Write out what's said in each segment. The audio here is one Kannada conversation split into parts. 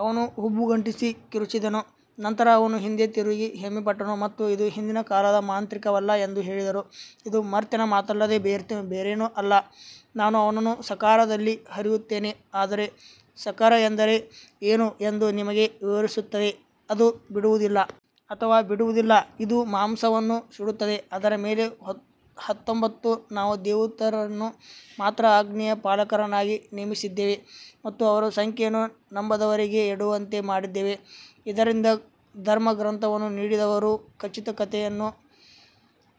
ಅವನು ಹುಬ್ಬುಗಂಟಿಸಿ ಕಿರುಚಿದನು ನಂತರ ಅವನು ಹಿಂದೆ ತಿರುಗಿ ಹೆಮ್ಮೆಪಟ್ಟನು ಮತ್ತು ಇದು ಹಿಂದಿನ ಕಾಲದ ಮಾಂತ್ರಿಕವಲ್ಲ ಎಂದು ಹೇಳಿದರು ಇದು ಮರ್ತ್ಯನ ಮಾತಲ್ಲದೆ ಬೇರೇನೂ ಅಲ್ಲ ನಾನು ಅವನನ್ನು ಸಕರ್ಾರದಲ್ಲಿ ಹುರಿಯುತ್ತೇನೆ ಆದರೆ ಸಕರ್ ಎಂದರೆ ಏನು ಎಂದು ನಿಮಗೆ ವಿವರಿಸುತ್ತದೆ ಅದು ಬಿಡುವುದಿಲ್ಲ ಅಥವಾ ಬಿಡುವುದಿಲ್ಲ ಇದು ಮಾಂಸವನ್ನು ಸುಡುತ್ತದೆ ಅದರ ಮೇಲೆ ಹತ್ತೊಂಬತ್ತು ನಾವು ದೇವದೂತರನ್ನು ಮಾತ್ರ ಅಗ್ನಿಯ ಪಾಲಕರನ್ನಾಗಿ ನೇಮಿಸಿದ್ದೇವೆ ಮತ್ತು ಅವರ ಸಂಖ್ಯೆಯನ್ನು ನಂಬದವರಿಗೆ ಎಡವುವಂತೆ ಮಾಡಿದ್ದೇವೆ, ಇದರಿಂದ ಧರ್ಮಗ್ರಂಥವನ್ನು ನೀಡಿದವರು ಖಚಿತತೆಯನ್ನು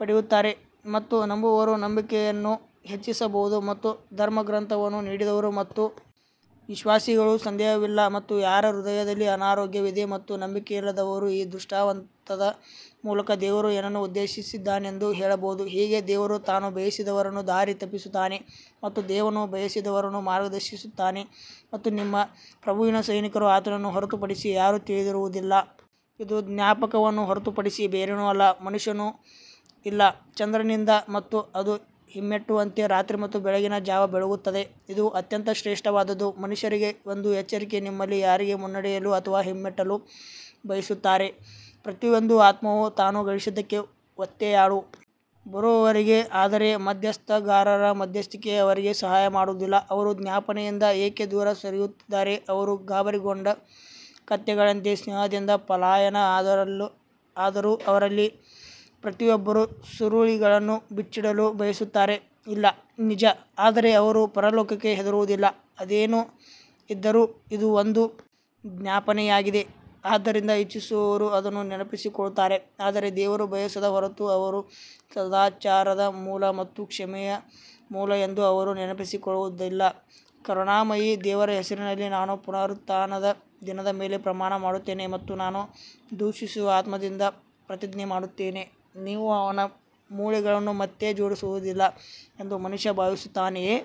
ಪಡೆಯುತ್ತಾರೆ ಮತ್ತು ನಂಬುವವರು ನಂಬಿಕೆಯನ್ನು ಹೆಚ್ಚಿಸಬಹುದು ಮತ್ತು ಧರ್ಮಗ್ರಂಥವನ್ನು ನೀಡಿದವರು ಮತ್ತು ವಿಶ್ವಾಸಿಗಳು ಸಂದೇಹವಿಲ್ಲ ಮತ್ತು ಯಾರ ಹೃದಯದಲ್ಲಿ ಅನಾರೋಗ್ಯವಿದೆ ಮತ್ತು ನಂಬಿಕೆಯಿಲ್ಲದವರು ಈ ದೃಷ್ಟಾಂತದ ಮೂಲಕ ದೇವರು ಏನನ್ನು ಉದ್ದೇಶಿಸಿದ್ದಾನೆಂದು ಹೇಳಬಹುದು ಹೀಗೆ ದೇವರು ತಾನು ಬಯಸಿದವರನ್ನು ದಾರಿ ತಪ್ಪಿಸುತ್ತಾನೆ ಮತ್ತು ಅವನು ಬಯಸಿದವರನ್ನು ಮಾರ್ಗದರ್ಶಿಸುತ್ತಾನೆ ಮತ್ತು ನಿಮ್ಮ ಪ್ರಭುವಿನ ಸೈನಿಕರು ಆತನನ್ನು ಹೊರತುಪಡಿಸಿ ಯಾರೂ ತಿಳಿದಿರುವುದಿಲ್ಲ ಇದು ಜ್ಞಾಪಕವನ್ನು ಹೊರತುಪಡಿಸಿ ಬೇರೇನೂ ಅಲ್ಲ ಮನುಷ್ಯರು ಇಲ್ಲ ಚಂದ್ರನಿಂದ ಮತ್ತು ಅದು ಹಿಮ್ಮೆಟ್ಟುವಂತೆ ರಾತ್ರಿ ಮತ್ತು ಬೆಳಗಿನ ಜಾವ ಬೆಳಗುತ್ತದೆ ಇದು ಅತ್ಯಂತ ಶ್ರೇಷ್ಠವಾದದ್ದು ಮನುಷ್ಯರಿಗೆ ಒಂದು ಎಚ್ಚರಿಕೆ ನಿಮ್ಮಲ್ಲಿ ಯಾರಿಗೆ ಮುನ್ನಡೆಯಲು ಅಥವಾ ಹಿಮ್ಮೆಟ್ಟಲು ಬಯಸುತ್ತಾರೆ ಪ್ರತಿಯೊಂದು ಆತ್ಮವೂ ತಾನು ಗಳಿಸಿದ್ದಕ್ಕೆ ಒತ್ತೆಯಾಳು ಬರುವವರೆಗೆ ಆದರೆ ಮಧ್ಯಸ್ಥಗಾರರ ಮಧ್ಯಸ್ಥಿಕೆ ಅವರಿಗೆ ಸಹಾಯ ಮಾಡುವುದಿಲ್ಲ ಅವರು ಜ್ಞಾಪನೆಯಿಂದ ಏಕೆ ದೂರ ಸರಿಯುತ್ತಿದ್ದಾರೆ ಅವರು ಗಾಬರಿಗೊಂಡ ಕತ್ತೆಗಳಂತೆ ಸಿಂಹದಿಂದ ಪಲಾಯನ ಆದರೂ ಅವರಲ್ಲಿ ಪ್ರತಿಯೊಬ್ಬರೂ ಸುರುಳಿಗಳನ್ನು ಬಿಚ್ಚಿಡಲು ಬಯಸುತ್ತಾರೆ ಇಲ್ಲ ನಿಜ ಆದರೆ ಅವರು ಪರಲೋಕಕ್ಕೆ ಹೆದರುವುದಿಲ್ಲ ಅದೇನೇ ಇದ್ದರೂ, ಇದು ಒಂದು ಜ್ಞಾಪನೆಯಾಗಿದೆ ಆದ್ದರಿಂದ ಇಚ್ಛಿಸುವವರು ಅದನ್ನು ನೆನಪಿಸಿಕೊಳ್ಳುತ್ತಾರೆ ಆದರೆ ದೇವರು ಬಯಸದ ಹೊರತು ಅವರು ಸದಾಚಾರದ ಮೂಲ ಮತ್ತು ಕ್ಷಮೆಯ ಮೂಲ ಎಂದು ಅವರು ನೆನಪಿಸಿಕೊಳ್ಳುವುದಿಲ್ಲ ಕರುಣಾಮಯಿ ದೇವರ ಹೆಸರಿನಲ್ಲಿ ನಾನು ಪುನರುತ್ಥಾನದ ದಿನದ ಮೇಲೆ ಪ್ರಮಾಣ ಮಾಡುತ್ತೇನೆ ಮತ್ತು ನಾನು ದೂಷಿಸುವ ಆತ್ಮದಿಂದ ಪ್ರತಿಜ್ಞೆ ಮಾಡುತ್ತೇನೆ ನೀವು ಅವನ ಮೂಳೆಗಳನ್ನು ಮತ್ತೆ ಜೋಡಿಸುವುದಿಲ್ಲ ಎಂದು ಮನುಷ್ಯ ಭಾವಿಸುತ್ತಾನೆಯೇ?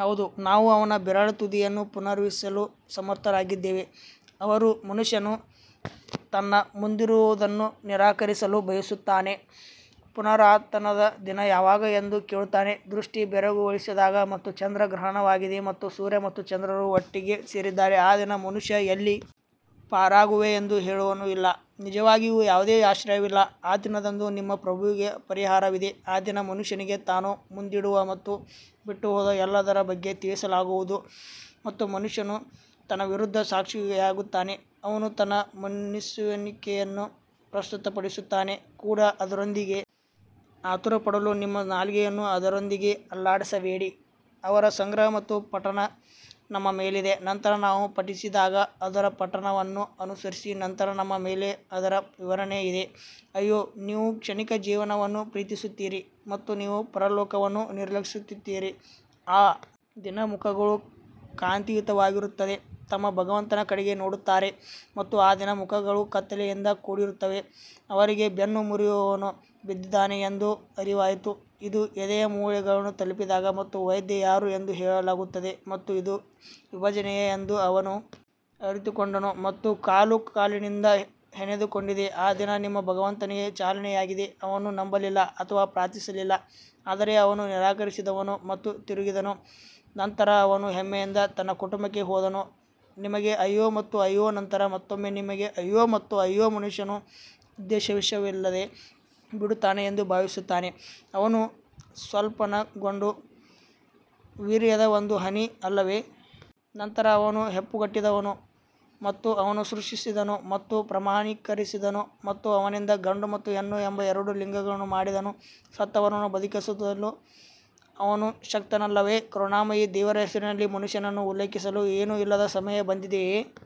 ಹೌದು, ನಾವು ಅವನ ಬೆರಳ ತುದಿಯನ್ನು ಪುನರ್ನಿರ್ಮಿಸಲು ಸಮರ್ಥರಾಗಿದ್ದೇವೆ ಆದರೆ ಮನುಷ್ಯನು ತನ್ನ ಮುಂದಿರುವದನ್ನು ನಿರಾಕರಿಸಲು ಬಯಸುತ್ತಾನೆ ಪುನರುತ್ಥಾನದ ದಿನ ಯಾವಾಗ ಎಂದು ಕೇಳುತ್ತಾನೆ ದೃಷ್ಟಿ ಬೆರಗುಗೊಳಿಸಿದಾಗ ಮತ್ತು ಚಂದ್ರ ಗ್ರಹಣವಾಗಿದೆ ಮತ್ತು ಸೂರ್ಯ ಮತ್ತು ಚಂದ್ರರು ಒಟ್ಟಿಗೆ ಸೇರಿದ್ದಾರೆ ಆ ದಿನ ಮನುಷ್ಯ ಎಲ್ಲಿ ಪಾರಾಗುವೆ ಎಂದು ಹೇಳುವನು ಇಲ್ಲ ನಿಜವಾಗಿಯೂ ಯಾವುದೇ ಆಶ್ರಯವಿಲ್ಲ ಆ ದಿನದಂದು ನಿಮ್ಮ ಪ್ರಭುವಿಗೆ ಪರಿಹಾರವಿದೆ ಆ ದಿನ ಮನುಷ್ಯನಿಗೆ ತಾನು ಮುಂದಿಡುವ ಮತ್ತು ಬಿಟ್ಟುಹೋದ ಎಲ್ಲದರ ಬಗ್ಗೆ ತಿಳಿಸಲಾಗುವುದು ಮತ್ತು ಮನುಷ್ಯನು ತನ್ನ ವಿರುದ್ಧ ಸಾಕ್ಷಿಯಾಗುತ್ತಾನೆ ಅವನು ತನ್ನ ಮನ್ನಿಸುವಿಕೆಯನ್ನು ಪ್ರಸ್ತುತಪಡಿಸುತ್ತಾನೆ ಕೂಡ ಅದರೊಂದಿಗೆ ಆತುರಪಡಲು ನಿಮ್ಮ ನಾಲಿಗೆಯನ್ನು ಅದರೊಂದಿಗೆ ಅಲ್ಲಾಡಿಸಬೇಡಿ ಅದರ ಸಂಗ್ರಹ ಮತ್ತು ಪಠಣ ನಮ್ಮ ಮೇಲಿದೆ ನಂತರ ನಾವು ಪಠಿಸಿದಾಗ ಅದರ ಪಠಣವನ್ನು ಅನುಸರಿಸಿ ನಂತರ ನಮ್ಮ ಮೇಲೆ ಅದರ ವಿವರಣೆ ಇದೆ ಅಯ್ಯೋ, ನೀವು ಕ್ಷಣಿಕ ಜೀವನವನ್ನು ಪ್ರೀತಿಸುತ್ತೀರಿ ಮತ್ತು ನೀವು ಪರಲೋಕವನ್ನು ನಿರ್ಲಕ್ಷಿಸುತ್ತೀರಿ ಆ ದಿನ ಮುಖಗಳು ಕಾಂತಿಯುತವಾಗಿರುತ್ತದೆ ತಮ್ಮ ಭಗವಂತನ ಕಡೆಗೆ ನೋಡುತ್ತಿದ್ದಾರೆ ಮತ್ತು ಆ ದಿನ ಮುಖಗಳು ಕತ್ತಲೆಯಿಂದ ಕೂಡಿರುತ್ತವೆ ಅವರಿಗೆ ಬೆನ್ನು ಮುರಿಯುವವನು ಬಿದ್ದಿದ್ದಾನೆ ಎಂದು ಅರಿವಾಯಿತು ಇದು ಎದೆಯ ಮೂಳೆಗಳನ್ನು ತಲುಪಿದಾಗ ಮತ್ತು ವೈದ್ಯ ಯಾರು ಎಂದು ಹೇಳಲಾಗುತ್ತದೆ ಮತ್ತು ಇದು ವಿಭಜನೆ ಎಂದು ಅವನು ಅರಿತುಕೊಂಡನು ಮತ್ತು ಕಾಲು ಕಾಲಿನಿಂದ ಹೆಣೆದುಕೊಂಡಿದೆ ಆ ದಿನ ನಿಮ್ಮ ಭಗವಂತನಿಗೆ ಚಾಲನೆಯಾಗಿದೆ ಅವನು ನಂಬಲಿಲ್ಲ ಅಥವಾ ಪ್ರಾರ್ಥಿಸಲಿಲ್ಲ ಆದರೆ ಅವನು ನಿರಾಕರಿಸಿದನು ಮತ್ತು ತಿರುಗಿದನು ನಂತರ ಅವನು ಹೆಮ್ಮೆಯಿಂದ ತನ್ನ ಕುಟುಂಬಕ್ಕೆ ಹೋದನು ನಿಮಗೆ ಅಯ್ಯೋ ಮತ್ತು ಅಯ್ಯೋ ನಂತರ ಮತ್ತೊಮ್ಮೆ ನಿಮಗೆ ಅಯ್ಯೋ ಮತ್ತು ಅಯ್ಯೋ ಮನುಷ್ಯನು ಉದ್ದೇಶವಿಲ್ಲದೆ ಬಿಡುತ್ತಾನೆ ಎಂದು ಭಾವಿಸುತ್ತಾನೆ ಅವನು ಸ್ಖಲನಗೊಂಡ ವೀರ್ಯದ ಒಂದು ಹನಿ ಅಲ್ಲವೇ? ನಂತರ ಅವನು ಹೆಪ್ಪುಗಟ್ಟಿದನು ಮತ್ತು ಅವನು ಸೃಷ್ಟಿಸಿದನು ಮತ್ತು ಪ್ರಮಾಣೀಕರಿಸಿದನು ಮತ್ತು ಅವನಿಂದ ಗಂಡು ಮತ್ತು ಹೆಣ್ಣು ಎಂಬ ಎರಡು ಲಿಂಗಗಳನ್ನು ಮಾಡಿದನು ಸತ್ತವರನ್ನು ಬದುಕಿಸಲು ಅವನು ಶಕ್ತನಲ್ಲವೇ ಕರುಣಾಮಯಿ ದೇವರ ಹೆಸರಿನಲ್ಲಿ ಮನುಷ್ಯನನ್ನು ಉಲ್ಲೇಖಿಸಲು ಏನೂ ಇಲ್ಲದ ಸಮಯ ಬಂದಿದೆಯೇ.